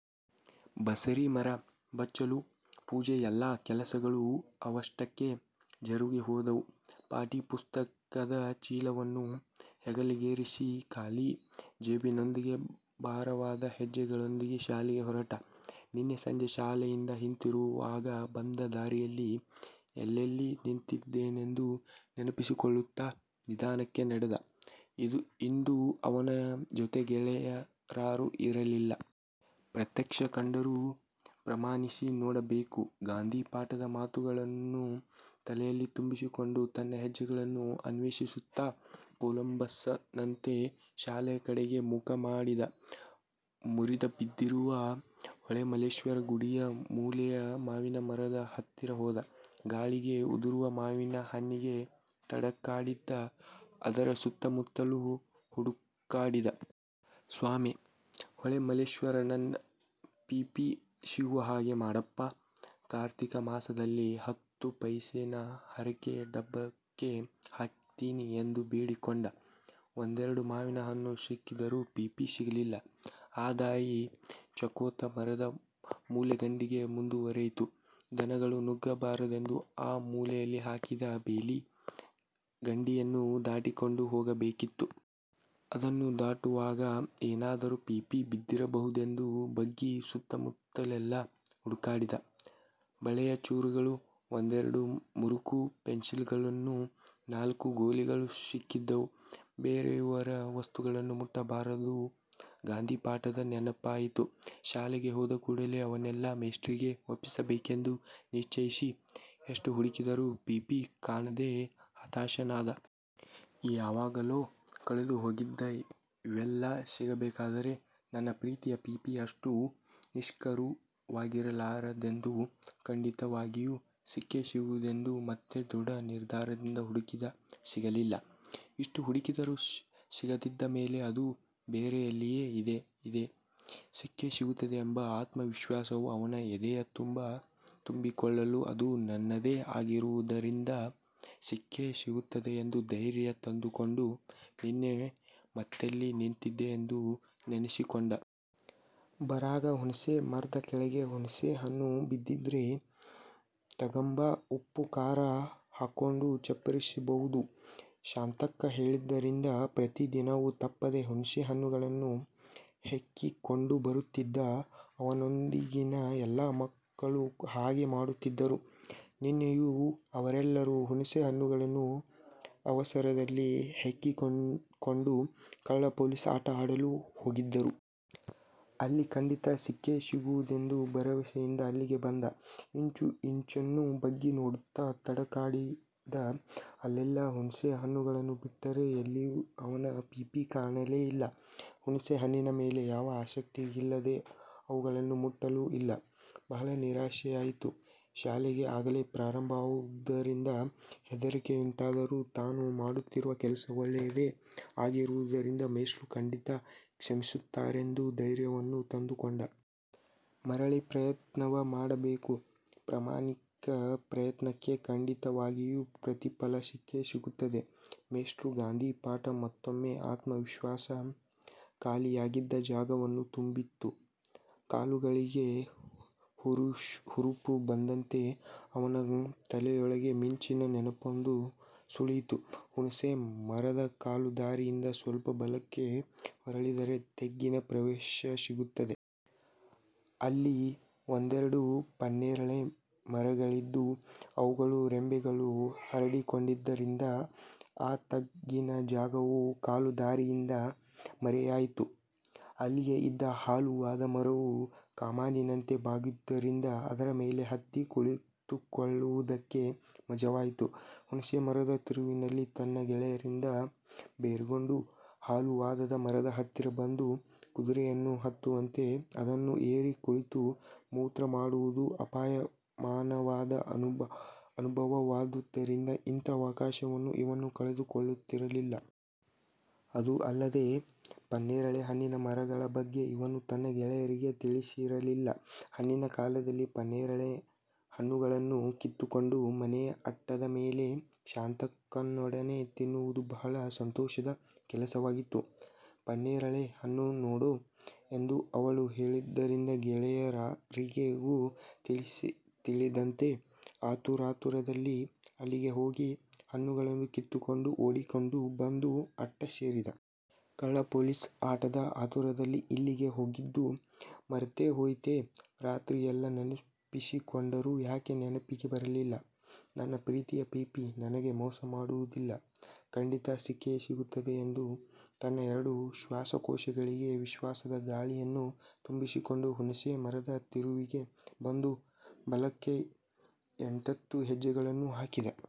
ಬಸರೀ ಮರ, ಬಚ್ಚಲು, ಪೂಜೆ- ಎಲ್ಲಾ ಕೆಲಸಗಳೂ ಅವಷ್ಟಕ್ಕೇ ಜರುಗಿ ಹೋದವು. ಪಾಟಿ ಪುಸ್ತಕದ ಚೀಲವನ್ನು ಹೆಗಲಿಗೇರಿಸಿ, ಖಾಲಿ ಜೇಬಿನೊಂದಿಗೆ ಭಾರವಾದ ಹೆಜ್ಜೆಗಳೊಂದಿಗೆ ಶಾಲೆಗೆ ಹೊರಟ. ನಿನ್ನೆ ಸಂಜೆ ಶಾಲೆಯಿಂದ ಹಿಂತಿರುಗುವಾಗ ಬಂದ ದಾರಿಯಲ್ಲಿ, ಎಲ್ಲೆಲ್ಲಿ ನಿಂತಿದ್ದೆನೆಂದು ನೆನಪಿಸಿಕೊಳ್ಳುತ್ತಾ ನಿಧಾನಕ್ಕೆ ನಡೆದ. ಇಂದು ಅವನ ಜೊತೆ ಗೆಳೆಯರಾರೂ ಇರಲಿಲ್ಲ. ಪ್ರತ್ಯಕ್ಷ ಕಂಡರೂ ಪ್ರಾಮಾಣಿಸಿ ನೋಡಬೇಕು ಗಾಂಧಿ ಪಾಠದ ಮಾತುಗಳನ್ನು ತಲೆಯಲ್ಲಿ ತುಂಬಿಕೊಂಡು ತನ್ನ ಹೆಜ್ಜೆಗಳನ್ನೇ ಅನ್ವೇಷಿಸುತ್ತಾ ಕೊಲಂಬಸ್ಸನಂತೆ ಶಾಲೆಯ ಕಡೆಗೆ ಮುಖ ಮಾಡಿದ್ದ. ಮುರಿದು ಬಿದ್ದಿರುವ ಹೊಳೆಮಲ್ಲೇಶ್ವರ ಗುಡಿಯ ಮೂಲೆಯ ಮಾವಿನ ಮರದ ಹತ್ತಿರ ಹೋದ. ಗಾಳಿಗೆ ಉದುರುವ ಮಾವಿನ ಹಣ್ಣಿಗೆ ತಡಕಾಡಿದ್ದ. ಅದರ ಸುತ್ತಮುತ್ತಲೂ ಹುಡುಕಾಡಿದ. ಸ್ವಾಮಿ, ಹೊಳೆಮಲ್ಲೇಶ್ವರ ನನ್ನ ಪೀಪಿ ಸಿಗುವ ಹಾಗೆ ಮಾಡಪ್ಪಾ. ಕಾರ್ತೀಕ ಮಾಸದಲ್ಲಿ ಹತ್ತು ಪೈಸೇನ ಹರಕೆ ಡಬ್ಬಕ್ಕೆ ಹಾಕ್ತೀನಿ ಎಂದು ಬೇಡಿಕೊಂಡ. ಒಂದೆರಡು ಮಾವಿನ ಹಣ್ಣು ಸಿಕ್ಕಿದರೂ ಪೀಪಿ ಸಿಗಲಿಲ್ಲ. ಆ ದಾರಿ ಚಕ್ಕೋತ ಮರದ ಮೂಲೆಗಂಡಿಗೆ ಮುಂದುವರೆಯಿತು. ದನಗಳು ನುಗ್ಗಬಾರದೆಂದು ಆ ಮೂಲೆಯಲ್ಲಿ ಹಾಕಿದ್ದ ಬೇಲಿ ಗಂಡಿಯನ್ನು ದಾಟಿಕೊಂಡು ಹೋಗಬೇಕಿತ್ತು. ಅದನ್ನು ದಾಟುವಾಗ ಏನಾದರೂ ಪೀಪಿ ಬಿದ್ದಿರಬಹುದೆಂದು ಬಗ್ಗಿ ಸುತ್ತಮುತ್ತಲೆಲ್ಲಾ ಹುಡುಕಾಡಿದ. ಬಳೆಯ ಚೂರುಗಳು, ಒಂದೆರಡು ಮುರುಕು ಪೆನ್ಸಿಲ್ಲುಗಳು, ನಾಲ್ಕು ಗೋಲಿಗಳು ಸಿಕ್ಕಿದವು. ಬೇರೆಯವರ ವಸ್ತುಗಳನ್ನು ಮುಟ್ಟಬಾರದು ಗಾಂಧಿ ಪಾಠದ ನೆನಪಾಯಿತು. ಶಾಲೆಗೆ ಹೋದಕೂಡಲೇ ಅವನ್ನೆಲ್ಲಾ ಮೇಷ್ಟ್ರಿಗೆ ಒಪ್ಪಿಸಬೇಕೆಂದು ನಿಶ್ಚಯಿಸಿದ. ಎಷ್ಟು ಹುಡುಕಿದರೂ ಪೀಪಿ ಕಾಣದೆ ಹತಾಶನಾದ. ಯಾವಾಗಲೋ ಕಳೆದುಹೋಗಿದ್ದ ಇವೆಲ್ಲಾ ಸಿಗಬೇಕಾದರೆ, ನನ್ನ ಪ್ರೀತಿಯ ಪೀಪಿ ಅಷ್ಟು ನಿಷ್ಕರುಣವಾಗಿರಲಾರದೆಂದು, ಖಂಡಿತವಾಗಿಯೂ ಸಿಕ್ಕೇ ಸಿಗುವುದೆಂದು ಮತ್ತೆ ದೃಢ ನಿರ್ಧಾರದಿಂದ ಹುಡುಕಿದ, ಸಿಗಲಿಲ್ಲ. ಇಷ್ಟು ಹುಡುಕಿದರೂ ಸಿಗದಿದ್ದ ಮೇಲೆ ಅದು ಬೇರೆಲ್ಲಿಯೋ ಇದ್ದೇ ಇದೆ, ಸಿಕ್ಕೇ ಸಿಗುತ್ತದೆ ಎಂಬ ಆತ್ಮವಿಶ್ವಾಸವು ಅವನ ಎದೆಯ ತುಂಬ ತುಂಬಿಕೊಳ್ಳಲು ಅದು ನನ್ನದೇ ಆಗಿರುವುದರಿಂದ ಸಿಕ್ಕೇ ಸಿಗುತ್ತದೆ ಎಂದು ಧೈರ್ಯ ತಂದುಕೊಂಡು, ನಿನ್ನೆ ಮತ್ತೆಲ್ಲಿ ನಿಂತಿದ್ದೆ ಎಂದು ನೆನಸಿಕೊಂಡ. 'ಬರಾಗ ಹುಣಸೇ ಮರ್ದ ಕೆಳ್ಗೆ ಹುಣಸೇ ಹಣ್ಣು ಬಿದ್ದಿದ್ರೆ ತಗಂಬಾ ಉಪ್ಪು ಖಾರ ಹಾಕ್ಕೊಂಡು ಚಪ್ಪರಿಸಬೌದು' ಶಾಂತಕ್ಕ ಹೇಳಿದ್ದರಿಂದ ಪ್ರತಿದಿನವೂ ತಪ್ಪದೆ ಹುಣಸೆ ಹಣ್ಣುಗಳನ್ನು ಹೆಕ್ಕಿಕೊಂಡು ಬರುತ್ತಿದ್ದ. ಅವನೊಂದಿಗಿನ ಎಲ್ಲಾ ಮಕ್ಕಳೂ ಹಾಗೆ ಮಾಡುತ್ತಿದ್ದರು. ನಿನ್ನೆಯೂ ಅವರೆಲ್ಲರೂ ಹುಣಸೆ ಹಣ್ಣುಗಳನ್ನು ಅವಸರದಲ್ಲಿ ಹೆಕ್ಕಿಕೊಂಡು, ಕಳ್ಳ ಪೊಲೀಸ್ ಆಟ ಆಡಲು ಹೋಗಿದ್ದರು. ಅಲ್ಲಿ ಖಂಡಿತ ಸಿಕ್ಕೇ ಸಿಗುವುದೆಂದು ಭರವಸೆಯಿಂದ ಅಲ್ಲಿಗೆ ಬಂದ. ಇಂಚು ಇಂಚನ್ನೂ ಬಗ್ಗಿ ನೋಡುತ್ತಾ ತಡಕಾಡಿದ. ಅಲ್ಲೆಲ್ಲಾ ಹುಣಸೇ ಹಣ್ಣುಗಳನ್ನು ಬಿಟ್ಟರೆ ಎಲ್ಲಿಯೂ ಅವನ ಪೀಪಿ ಕಾಣಲೇ ಇಲ್ಲ. ಹುಣಸೇ ಹಣ್ಣಿನ ಮೇಲೆ ಯಾವ ಆಸಕ್ತಿಯೂ ಇಲ್ಲದೆ ಅವುಗಳನ್ನು ಮುಟ್ಟಲೂ ಇಲ್ಲ. ಬಹಳ ನಿರಾಶೆಯಾಯಿತು. ಶಾಲೆ ಆಗಲೇ ಪ್ರಾರಂಭವಾಗಿರುವುದರಿಂದ ಹೆದರಿಕೆಯುಂಟಾದರೂ ತಾನು ಮಾಡುತ್ತಿರುವ ಕೆಲಸ ಒಳ್ಳೆಯದೇ ಆಗಿರುವುದರಿಂದ ಮೇಷ್ಟ್ರು ಖಂಡಿತಾ ಕ್ಷಮಿಸುತ್ತಾರೆಂದು ಧೈರ್ಯವನ್ನು ತಂದುಕೊಂಡ. ಮರಳಿ ಪ್ರಯತ್ನವ ಮಾಡಬೇಕು, ಪ್ರಾಮಾಣಿಕ ಪ್ರಯತ್ನಕ್ಕೆ ಖಂಡಿತವಾಗಿಯೂ ಪ್ರತಿಫಲ ಸಿಕ್ಕೇ ಸಿಗುತ್ತದೆ ಮೇಷ್ಟ್ರ ಗಾಂಧಿ ಪಾಠ ಮತ್ತೊಮ್ಮೆ ಆತ್ಮವಿಶ್ವಾಸ ಖಾಲಿಯಾಗಿದ್ದ ಜಾಗವನ್ನು ತುಂಬಿತು. ಕಾಲುಗಳಿಗೆ ಹುರುಪು ಬಂದಂತೆ, ಅವನ ತಲೆಯೊಳಗೆ ಮಿಂಚಿನ ನೆನಪೊಂದು ಸುಳಿಯಿತು! ಹುಣಸೇ ಮರದ ಕಾಲುದಾರಿಯಿಂದ ಸ್ವಲ್ಪ ಬಲಕ್ಕೆ ಹೊರಳಿದರೆ ತಗ್ಗಿನ ಪ್ರದೇಶ ಸಿಗುತ್ತದೆ. ಅಲ್ಲಿ ಒಂದೆರಡು ಪನ್ನೇರಳೆ ಮರಗಳಿದ್ದು, ಅವುಗಳ ರೆಂಬೆಗಳು ಹರಡಿಕೊಂಡಿದ್ದರಿಂದ, ಆ ತಗ್ಗಿನ ಜಾಗವು ಕಾಲುದಾರಿಯಿಂದ ಮರೆಯಾಗಿತ್ತು. ಅಲ್ಲಿಯೇ ಇದ್ದ ಹಾಲುವಾಣ ಮರವು ಕಮಾನಿನಂತೆ ಬಾಗಿದ್ದುದರಿಂದ ಅದರ ಮೇಲೆ ಹತ್ತಿ ಕುಳಿತುಕೊಳ್ಳುವುದಕ್ಕೆ ಮಜವಾಗಿತ್ತು. ಹುಣಸೇ ಮರದ ತಿರುವಿನಲ್ಲಿ ತನ್ನ ಗೆಳೆಯರಿಂದ ಬೇರ್ಗೊಂಡು, ಹಾಲುವಾಣದ ಮರದ ಹತ್ತಿರ ಬಂದು, ಕುದುರೆಯನ್ನು ಹತ್ತುವಂತೆ ಅದನ್ನು ಏರಿ ಕುಳಿತು ಮೂತ್ರ ಮಾಡುವುದು ಅಪ್ಯಾಯಮಾನವಾದ ಅನುಭವವಾದುದರಿಂದ ಅಂಥ ಅವಕಾಶವನ್ನು ಇವನು ಕಳೆದುಕೊಳ್ಳುತ್ತಿರಲಿಲ್ಲ. ಅದೂ ಅಲ್ಲದೆ, ಪನ್ನೇರಳೆ ಹಣ್ಣಿನ ಮರಗಳ ಬಗ್ಗೆ ಇವನು ತನ್ನ ಗೆಳೆಯರಿಗೆ ತಿಳಿಸಿರಲಿಲ್ಲ. ಹಣ್ಣಿನ ಕಾಲದಲ್ಲಿ ಪನ್ನೇರಳೆ ಹಣ್ಣುಗಳನ್ನು ಕಿತ್ತುಕೊಂಡು ಮನೆಯ ಅಟ್ಟದ ಮೇಲೆ ಶಾಂತಕ್ಕನೊಡನೆ ತಿನ್ನುವುದು ಬಹಳ ಸಂತೋಷದ ಕೆಲಸವಾಗಿತ್ತು. 'ಪನ್ನೇರಳೆ ಹಣ್ಣು ನೋಡೋ' ಎಂದು ಅವಳು ಹೇಳಿದ್ದರಿಂದ ಗೆಳೆಯರಾರಿಗೂ ತಿಳಿಸದಂತೆ ಆತುರಾತುರದಲ್ಲಿ ಅಲ್ಲಿಗೆ ಹೋಗಿ, ಹಣ್ಣುಗಳನ್ನು ಕಿತ್ತುಕೊಂಡು ಓಡಿಕೊಂಡು ಬಂದು ಅಟ್ಟ ಸೇರಿದ್ದ. ಕಳ್ಳ ಪೊಲೀಸ್ ಆಟದ ಆತುರದಲ್ಲಿ ಇಲ್ಲಿಗೆ ಹೋಗಿದ್ದು ಮರೆತೇ ಹೋಗಿತ್ತೇ ರಾತ್ರಿ ಎಲ್ಲ ನೆನಪಿಸಿಕೊಂಡರೂ ಯಾಕೆ ನೆನಪಿಗೆ ಬರಲಿಲ್ಲ ನನ್ನ ಪ್ರೀತಿಯ ಪೀಪಿ ನನಗೆ ಮೋಸ ಮಾಡುವುದಿಲ್ಲ. ಖಂಡಿತಾ ಸಿಕ್ಕಿಯೇ ಸಿಗುತ್ತದೆ ಎಂದು, ತನ್ನ ಎರಡೂ ಶ್ವಾಸಕೋಶಗಳಿಗೆ ವಿಶ್ವಾಸದ ಗಾಳಿಯನ್ನು ತುಂಬಿಕೊಂಡು ಹುಣಸೇ ಮರದ ತಿರುವಿಗೆ ಬಂದು, ಬಲಕ್ಕೆ ಎಂಟ್ಹತ್ತು ಹೆಜ್ಜೆಗಳನ್ನು ಹಾಕಿದ.